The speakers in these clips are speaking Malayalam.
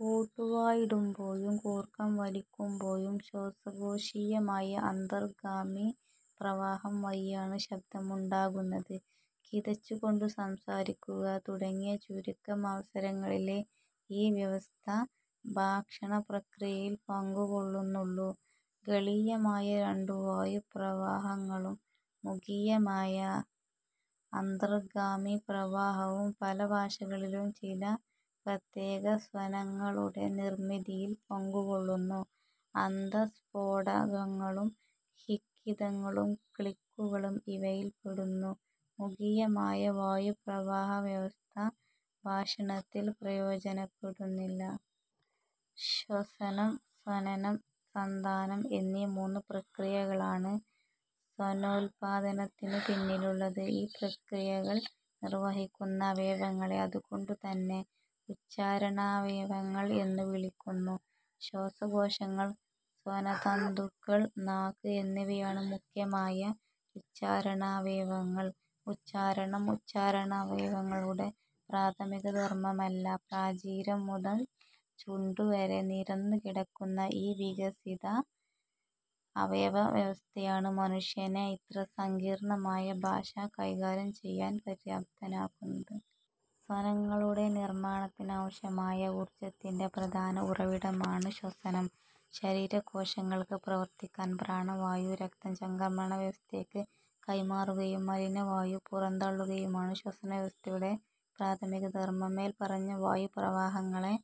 കോട്ടുവായിടുമ്പോഴും കൂർക്കംവലിക്കുമ്പോഴും ശ്വാസകോശീയമായ അന്തർഗാമിപ്രവാഹംവഴിയാണ് ശബ്ദമുണ്ടാകുന്നത്. കിതച്ചുകൊണ്ടു സംസാരിക്കുക, തുടങ്ങിയ ചുരുക്കം അവസരങ്ങളിലേ ഈ വ്യവസ്ഥ ഭാഷണപ്രക്രിയയിൽ പങ്കുകൊള്ളുന്നുള്ളൂ. ഗളീയമായ രണ്ടു വായുപ്രവാഹങ്ങളും മുഖീയമായ അന്തർഗാമിപ്രവാഹവും പല ഭാഷകളിലും ചില പ്രത്യേകസ്വനങ്ങളുടെ നിർമ്മിതിയിൽ പങ്കുകൊള്ളുന്നു. അന്തസ്ഫോടങ്ങളും ഹിക്കിതങ്ങളും ക്ലിക്കുകളും ഇവയിൽപ്പെടുന്നു. മുഖീയമായ വായുപ്രവാഹവ്യവസ്ഥ ഭാഷണത്തിൽ പ്രയോജനപ്പെടുന്നില്ല. ശ്വസനം, സ്വനനം, സന്ധാനം എന്നീ മൂന്നു പ്രക്രിയകളാണ് സ്വനോല്പാദനത്തിനു പിന്നിലുള്ളത്. ഈ പ്രക്രിയകൾ നിർവ്വഹിക്കുന്ന അവയവങ്ങളെ അതുകൊണ്ടുതന്നെ ഉച്ചാരണാവയവങ്ങൾ എന്നു വിളിക്കുന്നു. ശ്വാസകോശങ്ങൾ, സ്വനതന്തുക്കൾ, നാക്ക് എന്നിവയാണ് മുഖ്യമായ ഉച്ചാരണാവയവങ്ങൾ. ഉച്ചാരണം ഉച്ചാരണാവയവങ്ങളുടെ പ്രാഥമികധർമ്മമല്ല. പ്രാചീരം മുതൽ ചുണ്ടുവരെ നിരന്നുകിടക്കുന്ന ഈ വികസിതമായ അവയവവ്യവസ്ഥയാണ് മനുഷ്യനെ ഇത്ര സങ്കീർണ്ണമായ ഭാഷ കൈകാര്യം ചെയ്യാൻ പര്യാപ്തനാക്കുന്നത്. സ്വനങ്ങളുടെ നിർമ്മാണത്തിനാവശ്യമായ ഊർജ്ജത്തിന്റെ പ്രധാന ഉറവിടമാണ് ശ്വസനം. ശരീരകോശങ്ങൾക്ക് പ്രവർത്തിക്കാൻ പ്രാണവായു രക്തചംക്രമണവ്യവസ്ഥയ്ക്ക് കൈമാറുകയും മലിനവായു പുറംതള്ളുകയുമാണ് ശ്വസനവ്യവസ്ഥയുടെ പ്രാഥമികധർമ്മം. മേൽപ്പറഞ്ഞ വായുപ്രവാഹങ്ങളെ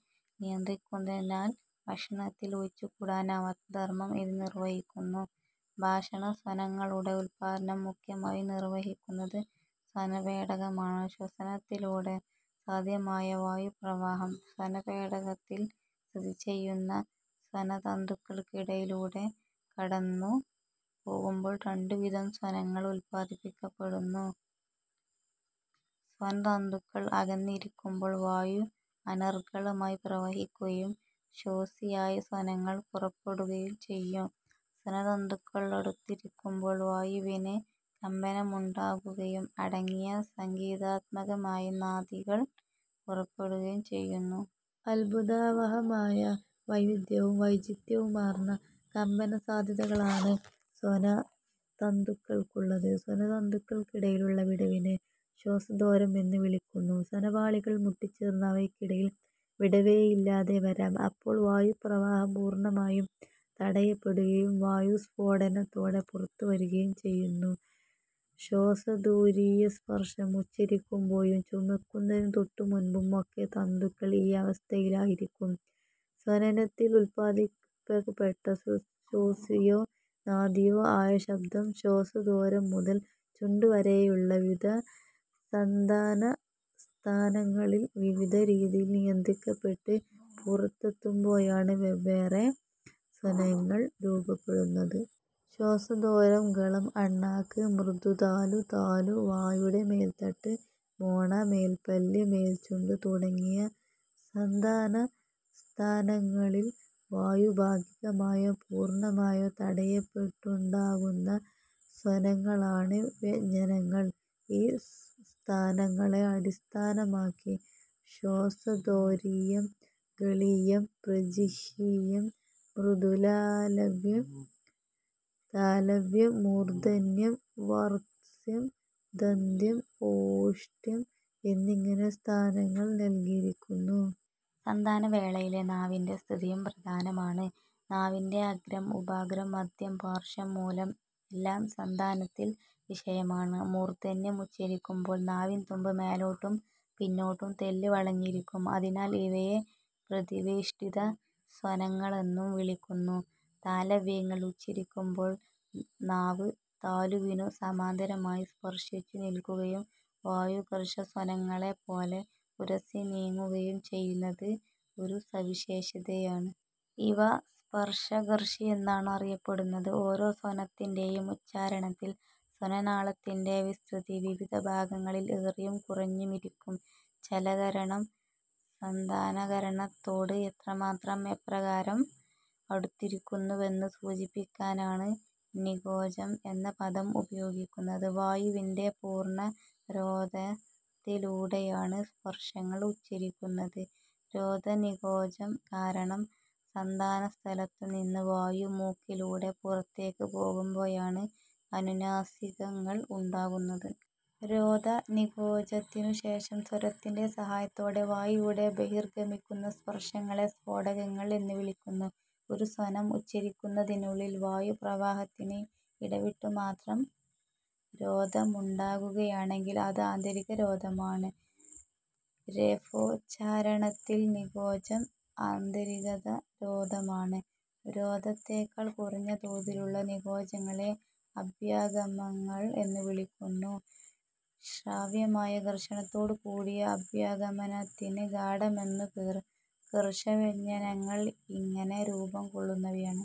നിയന്ത്രിക്കുന്നതിനാൽ ഭാഷണത്തിലും ഒഴിച്ചുകൂടാനാവാത്ത ധർമ്മം ഇത് നിർവ്വഹിക്കുന്നു. ഭാഷണസ്വനങ്ങളുടെ ഉല്പാദനം മുഖ്യമായും നിർവ്വഹിക്കുന്നത് സ്വനപേടകമാണ്. ശ്വസനത്തിലൂടെ സാധ്യമാകുന്ന വായുപ്രവാഹം സ്വനപേടകത്തിൽ സ്ഥിതി ചെയ്യുന്ന സ്വനതന്തുക്കൾക്കിടയിലൂടെ കടന്നുപോകുമ്പോൾ രണ്ടുവിധം സ്വനങ്ങൾ ഉല്പാദിക്കപ്പെടുന്നു: സ്വനതന്തുക്കൾ അകന്നിരിക്കുമ്പോൾ വായു അനർഗ്ഗളമായി പ്രവഹിക്കുകയും ശ്വാസിയായ സ്വനങ്ങൾ പുറപ്പെടുകയും ചെയ്യും; സ്വനതന്തുക്കൾ അടുത്തിരിക്കുമ്പോൾ വായുവിന് കമ്പനമുണ്ടാകുകയും അടക്കിയ സംഗീതാത്മകമായ നാദികൾ പുറപ്പെടുകയും ചെയ്യുന്നു. അത്ഭുതാവഹമായ വൈവിധ്യവും വൈചിത്ര്യവുമാർന്ന കമ്പനസാധ്യതകളാണ് സ്വനതന്തുക്കൾക്കുള്ളത്. സ്വനതന്തുക്കൾക്കിടയിലുള്ള വിടവിനെ ശ്വാസദ്വാരം എന്നു വിളിക്കുന്നു. സ്വനപാളികൾ മുട്ടിച്ചേർന്ന് അവയ്ക്കിടയിൽ വിടവേയില്ലാതെ വരാം. അപ്പോൾ വായുപ്രവാഹം പൂർണ്ണമായും തടയപ്പെടുകയും വായു സ്ഫോടനത്തോടെ പുറത്തുവരികയും ചെയ്യുന്നു. ശ്വാസദ്വാരീയസ്പർശം ഉച്ചരിക്കുമ്പോഴും ചുമയ്ക്കുന്നതിനു തൊട്ടുമുൻപും ഒക്കെ തന്തുക്കൾ ഈ അവസ്ഥയിലായിരിക്കും. സ്വനനത്തിൽ ഉല്പാദിക്കപ്പെട്ട ശ്വാസിയോ നാദിയോ ആയ ശബ്ദം ശ്വാസദ്വാരം മുതൽ ചുണ്ടുവരെയുള്ള വിവിധ സന്ധാനസ്ഥാനങ്ങളിൽ വിവിധ രീതിയിൽ നിയന്ത്രിക്കപ്പെട്ട് പുറത്തെത്തുമ്പോഴാണ് വെവ്വേറെ സ്വനങ്ങൾ രൂപപ്പെടുന്നത്. ശ്വാസദ്വാരം, ഗളം, അണ്ണാക്ക്, മൃദുതാലു, താലു, വായുടെ മേൽത്തട്ട്, മോണ, മേൽപ്പല്ല്, മേൽച്ചുണ്ട് തുടങ്ങിയ സന്ധാനസ്ഥാനങ്ങളിൽ വായു ഭാഗികമായോ പൂർണ്ണമായോ തടയപ്പെട്ടുണ്ടാകുന്ന സ്വനങ്ങളാണ് വ്യഞ്ജനങ്ങൾ. ഈ സ്ഥാനങ്ങളെ അടിസ്ഥാനമാക്കി ശ്വാസദ്വാരീയം, ഗളീയം, പ്രജിഹ്വീയം, മൃദുതാലവ്യം, താലവ്യം, മൂർദ്ധന്യം, വർത്സ്യം, ദന്ത്യം, ഓഷ്ഠ്യം എന്നിങ്ങനെ സ്ഥാനങ്ങൾ നൽകിയിരിക്കുന്നു. സന്ധാനവേളയിലെ നാവിന്റെ സ്ഥിതിയും പ്രധാനമാണ്. നാവിന്റെ അഗ്രം, ഉപാഗ്രം, മദ്ധ്യം, പാർശ്വം, മൂലം എല്ലാം സന്ധാനത്തിൽ വിഷയമാണ്. മൂർദ്ധന്യം ഉച്ചരിക്കുമ്പോൾ നാവിൻതുമ്പ് മേലോട്ടും പിന്നോട്ടും തെല്ല് വളഞ്ഞിരിക്കും. അതിനാൽ ഇവയെ പ്രതിവേഷ്ടിതസ്വനങ്ങളെന്നും വിളിക്കുന്നു. താലവ്യങ്ങൾ ഉച്ചരിക്കുമ്പോൾ നാവ് താലുവിനു സമാന്തരമായി സ്പർശിച്ചുനിൽക്കുകയും വായു ഘർഷസ്വനങ്ങളെപ്പോലെ ഉരസിനീങ്ങുകയും ചെയ്യുന്നത് ഒരു സവിശേഷതയാണ്. ഇവ സ്പർശഘർഷി എന്നാണ് അറിയപ്പെടുന്നത്. ഓരോ സ്വനത്തിന്റെയും ഉച്ചാരണത്തിൽ സ്വനനാളത്തിന്റെ വിസ്തൃതി വിവിധ ഭാഗങ്ങളിൽ ഏറിയും കുറഞ്ഞുമിരിക്കും. ചലകരണം സന്ധാനകരണത്തോട് എത്രമാത്രം, എപ്രകാരം അടുത്തിരിക്കുന്നുവെന്ന് സൂചിപ്പിക്കാനാണ് 'നികോചം' എന്ന പദം ഉപയോഗിക്കുന്നത്. വായുവിന്റെ പൂർണ്ണരോധത്തിലൂടെയാണ് സ്പർശങ്ങൾ ഉച്ചരിക്കുന്നത്. രോധനികോചം കാരണം സന്ധാനസ്ഥലത്തുനിന്ന് വായു മൂക്കിലൂടെ പുറത്തേക്ക് പോകുമ്പോഴാണ് അനുനാസികങ്ങൾ ഉണ്ടാകുന്നത്. രോധനികോചത്തിനുശേഷം സ്വരത്തിന്റെ സഹായത്തോടെ വായിലൂടെ ബഹിർഗമിക്കുന്ന സ്പർശങ്ങളെ സ്ഫോടകങ്ങൾ എന്നുവിളിക്കുന്നു. ഒരു സ്വനം ഉച്ചരിക്കുന്നതിനുള്ളിൽ വായുപ്രവാഹത്തിന് ഇടവിട്ടുമാത്രം രോധമുണ്ടാകുകയാണെങ്കിൽ അത് അന്തരിതരോധമാണ്. രേഫോച്ചാരണത്തിൽ നികോചം അന്തരിതരോധമാണ്. രോധത്തെക്കാൾ കുറഞ്ഞ തോതിലുള്ള നികോചങ്ങളെ അഭ്യാഗമങ്ങൾ എന്നുവിളിക്കുന്നു. ശ്രാവ്യമായ ഘർഷണത്തോടുകൂടിയ അഭ്യാഗമനത്തിന് ഗാഢമെന്നു പേർ. ഘർഷവ്യഞ്ജനങ്ങൾ ഇങ്ങനെ രൂപംകൊള്ളുന്നവയാണ്.